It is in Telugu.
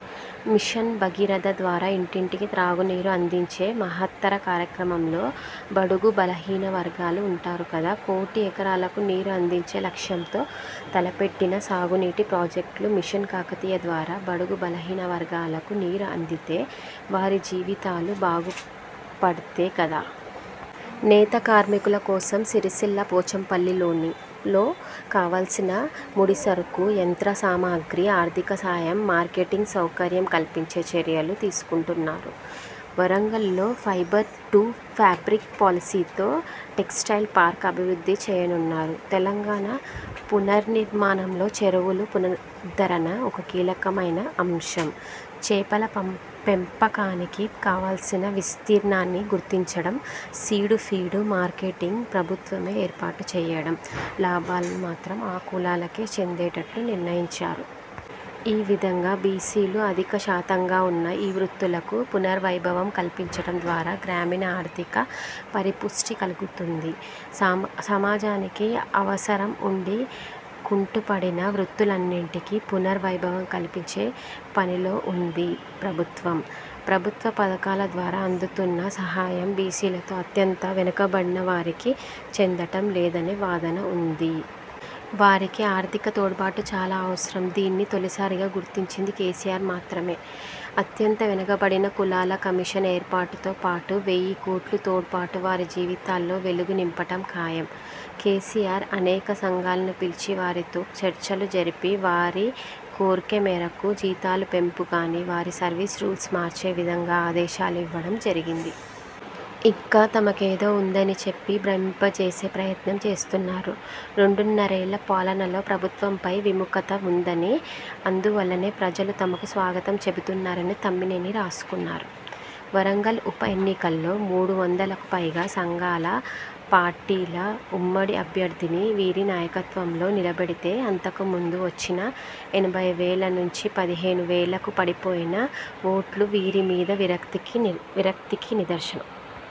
మిషన్ భగీరథ ద్వారా ఇంటింటికి త్రాగునీరు అందించే మహత్తర కార్యక్రమంలో బడుగు బలహీన వర్గాలు ఉంటారు కదా. కోటి ఎకరాలకు నీరు అందించే లక్ష్యంతో తలపెట్టిన సాగునీటి ప్రాజెక్టులు, మిషన్ కాకతీయ ద్వారా బడుగు బలహీన వర్గాలకు నీరు అందితే వారి జీవితాలు బాగు పడతై గదా. నేత కార్మికుల కోసం సిరిసిల్ల, పోచంపల్లిలలో కావాల్సిన ముడిసరుకు, యంత్ర సామగ్రి, ఆర్థిక సహాయం, మార్కెటింగ్ సౌకర్యం కల్పించే చర్యలు తీసుకుంటున్నారు. వరంగల్లులో 'ఫైబరు టూ ఫాబ్రిక్' పాలసీతో టెక్స్టైల్ పార్క్ అభివృద్ధి చేయనున్నారు. తెలంగాణ పునర్నిర్మాణంలో చెరువుల పునరుద్ధరణ ఒక కీలకమైన అంశం. చేపల పెంపకానికి కావాల్సిన విస్తీర్ణాన్ని గుర్తించడం, సీడు, ఫీడు, మార్కెటింగ్ ప్రభుత్వమే ఏర్పాటుచేయడం, లాభాలను మాత్రం ఆ కులాలకే చెందేటట్లు నిర్ణయించారు. ఈ విధంగా బీసీలు అధిక శాతంగా వున్న ఈ వృత్తులకు పునర్వైభవం కల్పించటం ద్వారా గ్రామీణ ఆర్థిక పరిపుష్టి కలుగుతుంది. సమాజానికి అవసరం ఉండి కుంటుపడిన వృత్తులన్నింటికీ పునర్ వైభవం కల్పించే పనిలో వుంది ప్రభుత్వం. ప్రభుత్వ పథకాల ద్వారా అందుతున్న సహాయం బీసీలలో అత్యంత వెనుకబడిన వారికి చెందటం లేదనే వాదన ఉంది. వారికి ఆర్థిక తోడ్పాటు చాలా అవసరం. దీన్ని తొలిసారిగా గుర్తించింది కేసీఆర్ మాత్రమే. అత్యంత వెనుకబడిన కులాల కమిషన్ ఏర్పాటుతో పాటు వెయ్యి కోట్ల తోడ్పాటు వారి జీవితాల్లో వెలుగు నింపటం ఖాయం. కేసీఆర్ అనేక సంఘాలను పిలిచి వారితో చర్చలు జరిపి వారి కోర్కె మేరకు జీతాల పెంపు కాని, వారి సర్వీస్ రూల్స్ మార్చే విధంగా ఆదేశాలు ఇవ్వడం జరిగింది. ఇంకా తమకేదో ఉందని చెప్పి భ్రమింపచేసే ప్రయత్నం చేస్తున్నారు. రెండున్నరేళ్ళ పాలనలో ప్రభుత్వంపై విముఖత ఉందనీ, అందువల్లనే ప్రజలు తమకు స్వాగతం చెబుతున్నారనీ తమ్మినేని రాసుకున్నారు. వరంగల్ ఉపఎన్నికలో మూడు వందలకు పైగా సంఘాల, పార్టీల ఉమ్మడి అభ్యర్థిని వీరి నాయకత్వంలో నిలబెడితే అంతకుముందు వచ్చిన ఎనభై వేల నుంచి పదిహేను వేలకు పడిపోయిన వోట్లు వీరి మీద విరక్తికి నిదర్శనం.